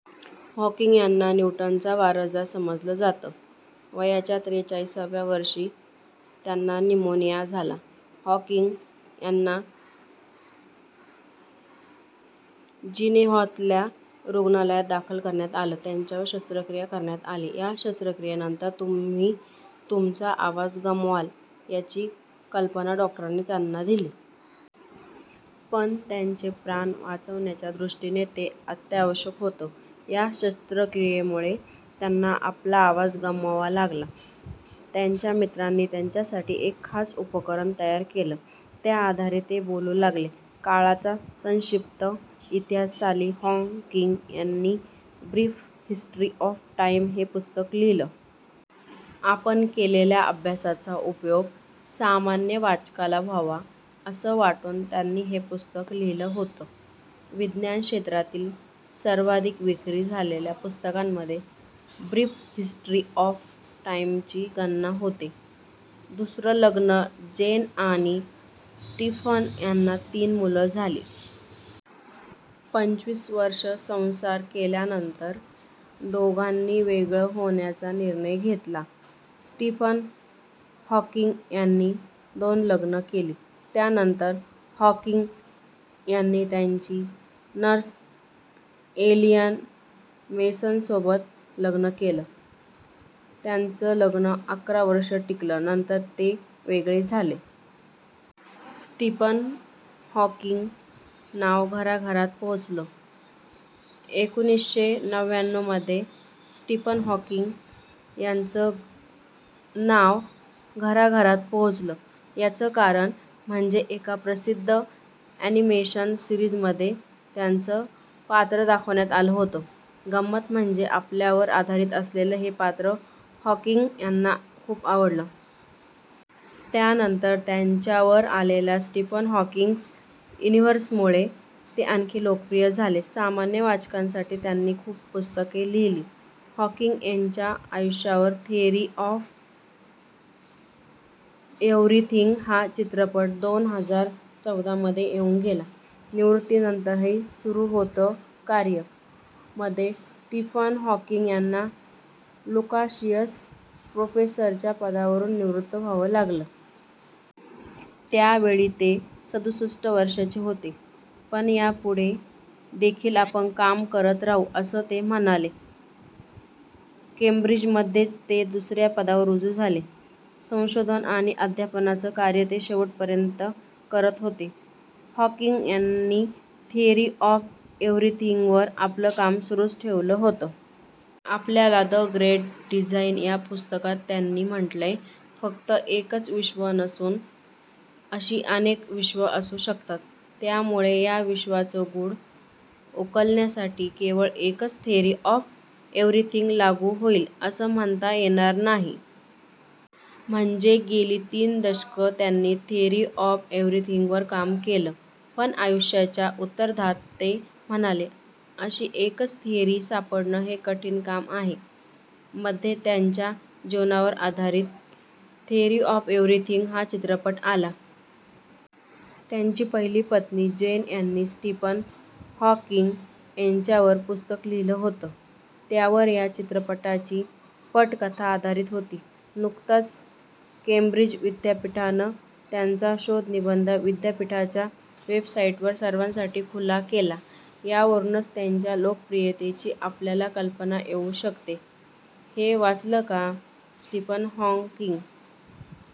Hawking यांना न्यूटनचा वारसदार समजलं जातं. वयाच्या त्रेचाळीसव्या वर्षी त्यांना न्यूमोनिया झाला. हॉकिंग यांना जिनेव्हातल्या रुग्णालयात दाखल करण्यात आलं. त्यांच्यावर शस्त्रक्रिया करण्यात आली. या शस्त्रक्रियेनंतर तुम्ही तुमचा आवाज गमवाल याची कल्पना डॉक्टरांनी त्यांनी दिली. पण त्यांचे प्राण वाचवण्याच्या दृष्टीनं ते अत्यावश्यक होतं. या शस्त्रक्रियेमुळे त्यांना आपला आवाज गमवावा लागला. त्यांच्या मित्रांनी त्यांच्यासाठी एक खास उपकरण तयार केलं. त्याआधारे ते बोलू लागले. काळाचा संक्षिप्त इतिहास साली हॉकिंग यांनी ब्रिफ हिस्टरी ऑफ टाईम हे पुस्तक लिहिलं. आपण केलेल्या अभ्यासाचा उपयोग सामान्य वाचकाला व्हावा असं वाटून त्यांनी हे पुस्तक लिहिलं होतं. विज्ञान क्षेत्रातील सर्वाधिक विक्री झालेल्या पुस्तकांमध्ये ब्रिफ हिस्टरी ऑफ टाईमची गणना होते. दुसरं लग्न जेन आणि स्टीफन यांना तीन मुलं झाली. पंचवीस वर्षं संसार केल्यानंतर दोघांनी वेगळं होण्याचा निर्णय घेतला. स्टीफन हॉकिंग यांनी दोन लग्न केली. त्यानंतर हॉकिंग यांनी त्यांची नर्स एलियन मेसनसोबत लग्न केलं. त्यांचं लग्न अकरा वर्षं टिकलं त्यानंतर ते वेगळे झाले. स्टीफन हॉकिंग नाव घराघरात पोहोचलं एकोणीसशे नव्याण्णवमध्ये स्टीफन हॉकिंग यांचं नाव घराघरात पोहोचलं. याचं कारण म्हणजे एका प्रसिद्ध ॲनिमेशन सीरिजमध्ये त्यांचं पात्र दाखवण्यात आलं होतं. गंमत म्हणजे आपल्यावर आधारित असलेलं हे पात्र हॉकिंग यांना खूप आवडलं. त्यानंतर त्यांच्यावर आलेल्या स्टीफन हॉकिंग्स युनिव्हर्समुळे ते आणखी लोकप्रिय झाले. सामान्य वाचकांसाठी त्यांनी खूप पुस्तकं लिहिली. हॉकिंग यांच्या आयुष्यावर थेअरी ऑफ एव्हरीथिंग हा चित्रपट दोन हजार चौदामध्ये येऊन गेला. निवृत्तीनंतरही सुरु होतं कार्य मध्ये स्टीफन हॉकिंग यांना लुकाशियस प्रोफेसरच्या पदावरुन निवृत्त व्हावं लागलं. त्यावेळी ते सदुसष्ट वर्षांचे होते. पण यापुढे देखील आपण काम करत राहू असं ते म्हणाले. केंब्रिजमध्येच ते दुसऱ्या पदावर रुजू झाले. संशोधन आणि अध्यापनाचं कार्य ते शेवटपर्यंत करत होते. हॉकिंग यांनी थेअरी ऑफ एव्हरीथिंगवर आपलं काम सुरूचं ठेवलं होतं. आपल्या द ग्रॅंड डिजाइन या पुस्तकात त्यांनी म्हटलंय, फक्त एकच विश्व नसून अशी अनेक विश्व असू शकतात. त्यामुळे या विश्वाचं गूढ उकलण्यासाठी केवळ एकच थेअरी ऑफ एव्हरीथिंग लागू होईल असं म्हणता येणार नाही. म्हणजे गेली तीन दशकं त्यांनी थेअरी ऑफ एव्हरीथिंगवर काम केलं, पण आयुष्याच्या उत्तरार्धात ते म्हणाले, अशी एकच थेअरी सापडणं हे कठीण काम आहे. मध्ये त्यांच्या जीवनावर आधारित थेअरी ऑफ एव्हरीथिंग हा चित्रपट आला. त्यांची पहिली पत्नी जेन यांनी स्टीफन हॉकिंग यांच्यावर पुस्तक लिहिलं होतं, त्यावर या चित्रपटाची पटकथा आधारित होती. नुकताच केंब्रिज विद्यापीठानं त्यांचा शोधनिबंध विद्यापीठाच्या वेबसाइटवर सर्वांसाठी खुला केला. यावरूनच त्यांच्या लोकप्रियतेची आपल्याला कल्पना येऊ शकते. हे वाचलं का? Stephen Hawking